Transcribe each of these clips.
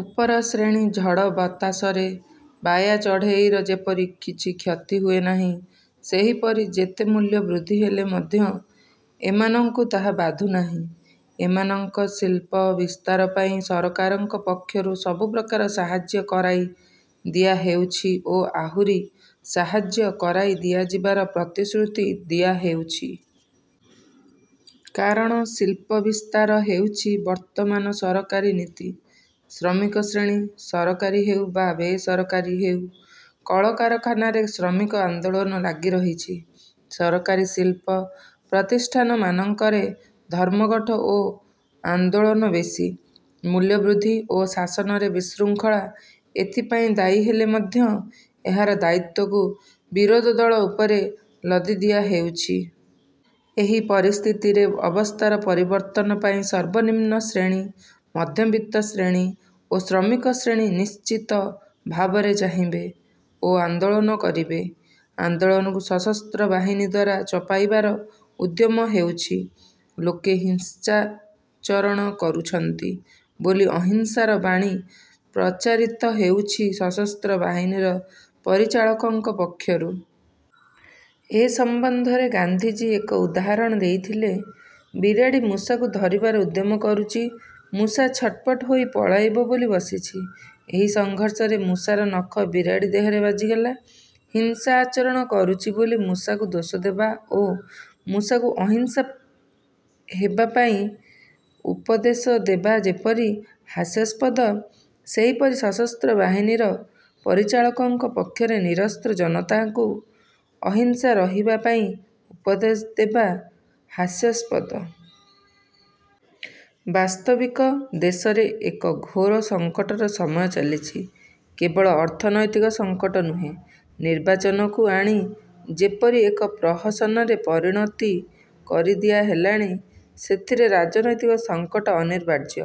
ଉପର ଶ୍ରେଣୀ- ଝଡ଼ ବତାସରେ ବାୟା ଚଢ଼େଇର ଯେପରି କିଛି କ୍ଷତି ହୁଏନାହିଁ, ସେହିପରି ଯେତେ ମୂଲ୍ୟବୃଦ୍ଧି ହେଲେ ମଧ୍ୟ ଏମାନଙ୍କୁ ତାହା ବାଧୁନାହିଁ। ଏମାନଙ୍କ ଶିଳ୍ପ ବିସ୍ତାର ପାଇଁ, ସରକାରଙ୍କ ପକ୍ଷରୁ ସବୁପ୍ରକାର ସାହାଯ୍ୟ କରାଇ ଦିଆହେଉଛି ଓ ଆହୁରି ସାହାଯ୍ୟ କରାଇ ଦିଆଯିବାର ପ୍ରତିଶ୍ରୁତି ଦିଆହେଉଛି। କାରଣ ଶିଳ୍ପ ବିସ୍ତାର ହେଉଛି ବର୍ତ୍ତମାନ ସରକାରୀ ନୀତି। ଶ୍ରମିକ ଶ୍ରେଣୀ- ସରକାରୀ ହେଉ ବା ବେସରକାରୀ ହେଉ କଳକାରଖାନାରେ ଶ୍ରମିକ ଆନ୍ଦୋଳନ ଲାଗି ରହିଛି। ସରକାରୀ ଶିଳ୍ପ ପ୍ରତିଷ୍ଠାନମାନଙ୍କରେ ଧର୍ମଘଟ ଓ ଆନ୍ଦୋଳନ ବେଶି। ମୂଲ୍ୟ ବୃଦ୍ଧି ଓ ଶାସନରେ ବିଶୃଙ୍ଖଳା ଏଥିପାଇଁ ଦାୟୀ ହେଲେ ମଧ୍ୟ ଏହାର ଦାୟିତ୍ୱକୁ ବିରୋଧଦଳ ଉପରେ ଲଦି ଦିଆ ହେଉଛି। ଏହି ପରିସ୍ଥିତିରେ ଅବସ୍ଥାର ପରିବର୍ତ୍ତନ ପାଇଁ ସର୍ବନିମ୍ନ ଶ୍ରେଣୀ, ମଧ୍ୟବିତ୍ତ ଶ୍ରେଣୀ ଓ ଶ୍ରମିକ ଶ୍ରେଣୀ ନିଶ୍ଚିତ ଭାବରେ ଚାହିଁବେ ଓ ଆନ୍ଦୋଳନ କରିବେ। ଆନ୍ଦୋଳନକୁ ସଶସ୍ତ୍ର ବାହିନୀଦ୍ୱାରା ଚପାଇବାର ଉଦ୍ୟମ ହେଉଛି। ଲୋକେ ହିଂସାଚରଣ କରୁଛନ୍ତି ବୋଲି ଅହିଂସାର ବାଣୀ ପ୍ରଚାରିତ ହେଉଛି ସଶସ୍ତ୍ର ବାହିନୀର ପରିଚାଳକଙ୍କ ପକ୍ଷରୁ। ଏ ସମ୍ବନ୍ଧରେ ଗାନ୍ଧିଜୀ ଏକ ଉଦାହରଣ ଦେଇଥିଲେ। ବିରାଡ଼ି ମୂଷାକୁ ଧରିବାର ଉଦ୍ୟମ କରୁଚି। ମୂଷା ଛଟପଟ ହୋଇ ପଳାଇବ ବୋଲି ବସିଛି। ଏହି ସଂଘର୍ଷରେ ମୂଷାର ନଖ ବିରାଡ଼ି ଦେହରେ ବାଜିଗଲା। ହିଂସା ଆଚରଣ କରୁଚି ବୋଲି ମୂଷାକୁ ଦୋଷଦେବା ଓ ମୂଷାକୁ ଅହିଂସା ହେବା ପାଇଁ ଉପଦେଶ ଦେବା ଯେପରି ହାସ୍ୟାସ୍ପଦ ସେହିପରି ସଶସ୍ତ୍ର ବାହିନୀର ପରିଚାଳକଙ୍କ ପକ୍ଷରେ ନିରସ୍ତ୍ର ଜନତାକୁ ଅହିଂସା ରହିବା ପାଇଁ ଉପଦେଶ ଦେବା ହାସ୍ୟାସ୍ପଦ। ' ବାସ୍ତବିକ ଦେଶରେ ଏକ ଘୋର ସଂକଟର ସମୟ ଚାଲିଛି। କେବଳ ଅର୍ଥନୈତିକ ସଂକଟ ନୁହେଁ। ନିର୍ବାଚନକୁ ଆଣି ଯେପରି ଏକ ପ୍ରହସନରେ ପରିଣତି କରିଦିଆ ହେଲାଣି, ସେଥିରେ ରାଜନୈତିକ ସଂକଟ ଅନିବାର୍ଯ୍ୟ।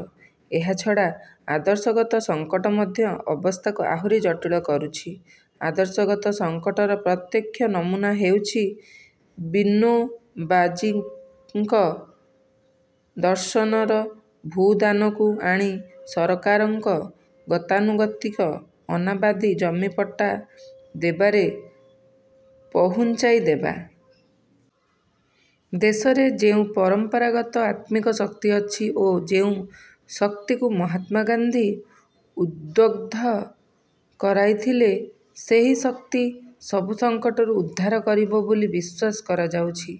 ଏହାଛଡ଼ା ଆଦର୍ଶଗତ ସଂକଟ ମଧ୍ୟ ଅବସ୍ଥାକୁ ଆହୁରି ଜଟିଳ କରୁଛି। ଆଦର୍ଶଗତ ସଂକଟର ପ୍ରତ୍ୟକ୍ଷ ନମୁନା ହେଉଛି ବିନୋବାଜୀଙ୍କ ଦର୍ଶନର ଭୂଦାନକୁ ଆଣି ସରକାରଙ୍କ ଗତାନୁଗତିକ ଅନାବାଦୀ ଜମି ପଟ୍ଟା ଦେବାରେ ପହୁଞ୍ଚାଇଦେବା। ଦେଶରେ ଯେଉଁ ପରମ୍ପରାଗତ ଆତ୍ମିକ ଶକ୍ତି ଅଛି ଓ ଯେଉଁ ଶକ୍ତିକୁ ମହାତ୍ମାଗାନ୍ଧି ଉଦ୍ବୁଦ୍ଧ କରାଇଥିଲେ, ସେହି ଶକ୍ତି ସବୁ ସଙ୍କଟରୁ ଉଦ୍ଧାର କରିବ ବୋଲି ବିଶ୍ୱାସ କରାଯାଉଛି।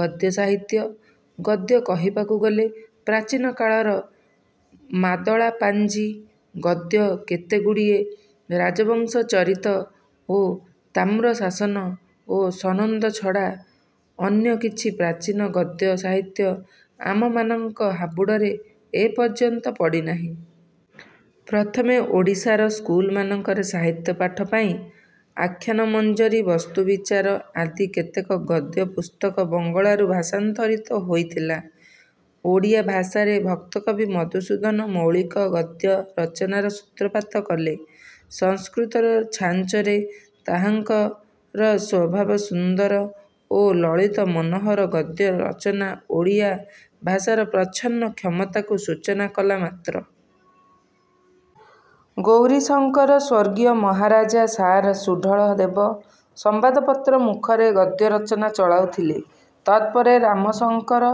ଗଦ୍ୟ ସାହିତ୍ୟ-ଗଦ୍ୟ କହିବାକୁ ଗଲେ, ପ୍ରାଚୀନ କାଳର ମାଦଳାପାଞ୍ଜି, ଗଦ୍ୟ କେତେଗୁଡ଼ିଏ ରାଜବଂଶଚରିତ ଓ ତାମ୍ରଶାସନ ଓ ସନନ୍ଦ ଛଡ଼ା ଅନ୍ୟ କିଛି ପ୍ରାଚୀନ ଗଦ୍ୟ ସାହିତ୍ୟ ଆମମାନଙ୍କ ହାବୁଡ଼ରେ ଏପର୍ଯ୍ୟନ୍ତ ପଡ଼ିନାହିଁ। ପ୍ରଥମେ ଓଡ଼ିଶାର ସ୍କୁଲମାନଙ୍କରେ ସାହିତ୍ୟ ପାଠ ପାଇଁ 'ଆଖ୍ୟାନମଞ୍ଜରୀ' 'ବସ୍ତୁବିଚାର' ଆଦି କେତେକ ଗଦ୍ୟ ପୁସ୍ତକ ବଙ୍ଗଳାରୁ ଭାଷାନ୍ତରିତ ହୋଇଥିଲା। ଓଡ଼ିଆ ଭାଷାରେ ଭକ୍ତକବି ମଧୁସୂଦନ ମୌଳିକ ଗଦ୍ୟ ରଚନାର ସୂତ୍ରପାତ କଲେ। ସଂସ୍କୃତର ଛାଞ୍ଚରେ ତାହାଙ୍କର ସ୍ୱଭାବ-ସୁନ୍ଦର ଓ ଲଳିତ ମନୋହର ଗଦ୍ୟ ରଚନା ଓଡ଼ିଆ ଭାଷାର ପ୍ରଚ୍ଛନ୍ନ କ୍ଷମତାକୁ ସୂଚନା କଲା ମାତ୍ର। ଗୌରୀଶଙ୍କର, ସ୍ୱର୍ଗୀୟ ମହାରାଜା ସାର୍ ସୁଢ଼ଳ ଦେବ, ସମ୍ୱାଦପତ୍ର ମୁଖରେ ଗଦ୍ୟ ରଚନା ଚଳାଉଥିଲେ। ତତ୍ପରେ ରାମଶଙ୍କର,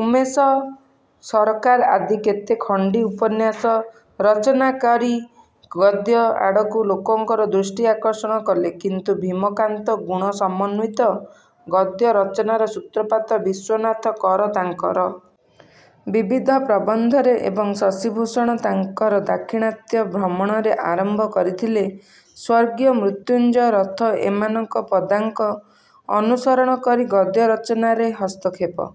ଉମେଶ ସରକାର ଆଦି କେତେ ଖଣ୍ଡି ଉପନ୍ୟାସ ରଚନାକରୀ ଗଦ୍ୟ ଆଡ଼କୁ ଲୋକଙ୍କର ଦୃଷ୍ଟିଆକର୍ଷଣ କଲେ, କିନ୍ତୁ ଭୀମ-କାନ୍ତ-ଗୁଣ-ସମନ୍ୱିତ ଗଦ୍ୟ ରଚନାର ସୂତ୍ରପାତ ବିଶ୍ୱନାଥ କର ତାଙ୍କର ବିବିଧ ପ୍ରବନ୍ଧରେ ଏବଂ ଶଶିଭୂଷଣ ତାଙ୍କର ଦାକ୍ଷିଣାତ୍ୟ ଭ୍ରମଣରେ ଆରମ୍ଭ କରିଥିଲେ; ସ୍ୱର୍ଗୀୟ ମୃତ୍ୟୁଞ୍ଜୟ ରଥ ଏମାନଙ୍କ ପଦାଙ୍କ ଅନୁସରଣ କରି ଗଦ୍ୟ ରଚନାରେ ହସ୍ତକ୍ଷେପ